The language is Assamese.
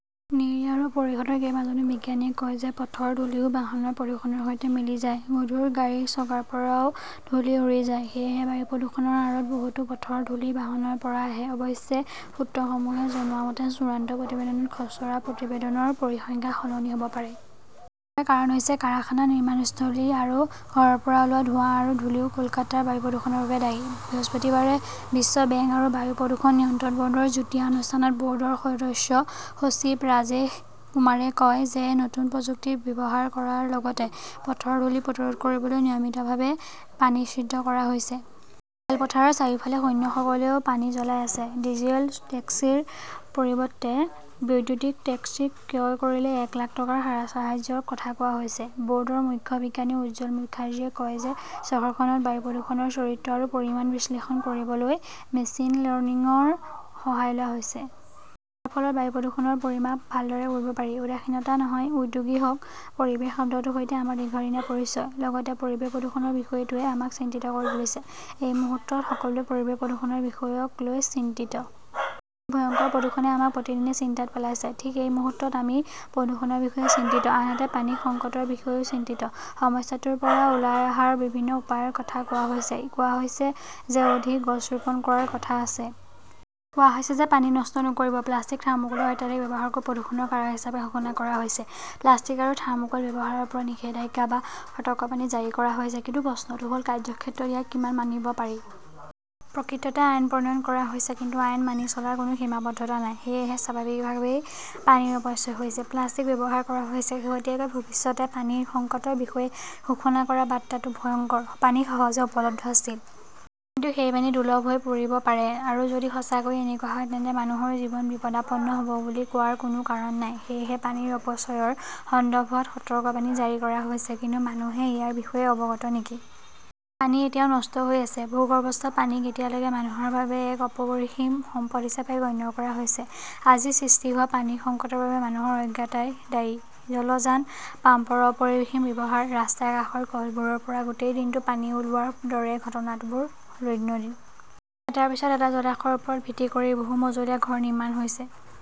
নিৰী আৰু পৰিষদৰ কেইবাজনো বিজ্ঞানীয়ে কয় যে, পথৰ ধূলিও বাহনৰ প্ৰদূষণৰ সৈতে মিলি যায়। গধুৰ গাড়ীৰ চকাৰ পৰাও ধূলি উৰি যায়। সেয়েহে বায়ু প্ৰদূষণৰ আঁৰত বহুতো পথৰ ধূলি বাহনৰ পৰা আহে। অৱশ্যে, সূত্ৰসমূহে জনোৱা মতে, চূড়ান্ত প্ৰতিবেদনত খচৰা প্ৰতিবেদনৰ পৰিসংখ্যা সলনি হ'ব পাৰে। ইয়াৰ কাৰণ হৈছে কাৰখানা, নিৰ্মাণস্থলী আৰু ঘৰৰ পৰা ওলোৱা ধোঁৱা আৰু ধূলিও কলকাতাৰ বায়ু প্ৰদূষণৰ বাবে দায়ী। বৃহস্পতিবাৰে বিশ্ব বেংক আৰু বায়ু প্ৰদূষণ নিয়ন্ত্ৰণ ব'ৰ্ডৰ যুটীয়া অনুষ্ঠানত ব'ৰ্ডৰ সদস্য-সচিব ৰাজেশ কুমাৰে কয় যে নতুন প্ৰযুক্তি ব্যৱহাৰ কৰাৰ লগতে পথৰ ধূলি প্ৰতিৰোধ কৰিবলৈ নিয়মিতভাৱে পানী ছিদ্ৰ কৰা হৈছে। খেলপথাৰৰ চাৰিওফালে সৈন্যসকলেও পানী জ্বলাই আছে। ডিজেল টেক্সিৰ পৰিৱৰ্তে বৈদ্যুতিক টেক্সি ক্ৰয় কৰিলে এক লাখ টকাৰ ৰাজসাহায্যৰ কথা কোৱা হৈছে। ব'ৰ্ডৰ মুখ্য বিজ্ঞানী উজ্জ্বল মুখাৰ্জীয়ে কয় যে, চহৰখনত বায়ু প্ৰদূষণৰ চৰিত্ৰ আৰু পৰিমাণ বিশ্লেষণ কৰিবলৈ 'মেচিন লৰ্ণিঙৰ সহায় লোৱা হৈছে। ইয়াৰ ফলত বায়ু প্ৰদূষণৰ পৰিমাপ ভালদৰে কৰিব পাৰি। উদাসীনতা নহয়-উদ্যোগী হওক পৰিৱেশ শব্দটোৰ সৈতে আমাৰ দীৰ্ঘদিনীয়া পৰিচয়। লগতে পৰিৱেশ প্ৰদূষণৰ বিষয়টোৱে আমাক চিন্তিত কৰি তুলিছে। এই মুহূৰ্তত সকলোৱে পৰিৱেশ প্ৰদূষণৰ বিষয়ক লৈ চিন্তিত। এই ভয়ংকৰ প্ৰদূষণে আমাক প্ৰতিদিনে চিন্তাত পেলাইছে। ঠিক এই মুহূৰ্তত আমি প্ৰদূষণৰ বিষয়ে চিন্তিত, আনহাতে পানীৰ সংকটৰ বিষয়েও চিন্তিত। সমস্যাটোৰ পৰা ওলাই অহাৰ বিভিন্ন উপায়ৰ কথা কোৱা হৈছে। কোৱা হৈছে যে ,অধিক গছ ৰোপণ কৰাৰ কথা আছে। কোৱা হৈছে যে পানী নষ্ট নকৰিব। প্লাষ্টিক, থাৰ্মোকোলৰ অত্যাধিক ব্যৱহাৰকো প্ৰদূষণৰ কাৰক হিচাপে ঘোষণা কৰা হৈছে। প্লাষ্টিক আৰু থাৰ্মোকোল ব্যৱহাৰৰ ওপৰত নিষেধাজ্ঞা বা সতৰ্কবাণী জাৰি কৰা হৈছে। কিন্তু প্ৰশ্নটো হ'ল, কাৰ্যক্ষেত্ৰত ইয়াক কিমান মানিব পাৰি? প্ৰকৃততে আইন প্ৰণয়ন কৰা হৈছে কিন্তু আইন মানি চলাৰ কোনো সীমাবদ্ধতা নাই। সেয়েহে স্বাভাৱিকভাৱেই পানীৰ অপচয় হৈছে। প্লাষ্টিক ব্যৱহাৰ কৰা হৈছে। শেহতীয়াকৈ ভৱিষ্যতে পানীৰ সংকটৰ বিষয়ে ঘোষণা কৰা বাৰ্তাটো ভয়ংকৰ। পানী সহজে উপলব্ধ আছিল। কিন্তু সেই পানী দুৰ্লভ হৈ পৰিব পাৰে। আৰু যদি সঁচাকৈয়ে এনেকুৱা হয় তেন্তে মানুহৰ জীৱন বিপদাপন্ন হ'ব বুলি কোৱাৰ কোনো কাৰণ নাই। সেয়েহে পানীৰ অপচয়ৰ সন্দৰ্ভত সতৰ্কবাণী জাৰি কৰা হৈছে। কিন্তু মানুহে ইয়াৰ বিষয়ে অৱগত নেকি? পানী এতিয়াও নষ্ট হৈ আছে। ভূগৰ্ভস্থ পানীক এতিয়ালৈকে মানুহৰ বাবে এক অপৰিসীম সম্পদ হিচাপে গণ্য কৰা হৈছে। আজি সৃষ্টি হোৱা পানীৰ সংকটৰ বাবে মানুহৰ অজ্ঞতাই দায়ী। জলযান পাম্পৰ অপৰিসীম ব্যৱহাৰ, ৰাস্তাৰ কাষৰ কলবোৰৰ পৰা গোটেই দিনটো পানী ওলোৱাৰ দৰে ঘটনাবোৰ দৈনন্দিন। এটাৰ পিছত এটা জলাশয়ৰ ওপৰত ভিত্তি কৰি বহু-মজলীয়া ঘৰ নিৰ্মাণ হৈছে ।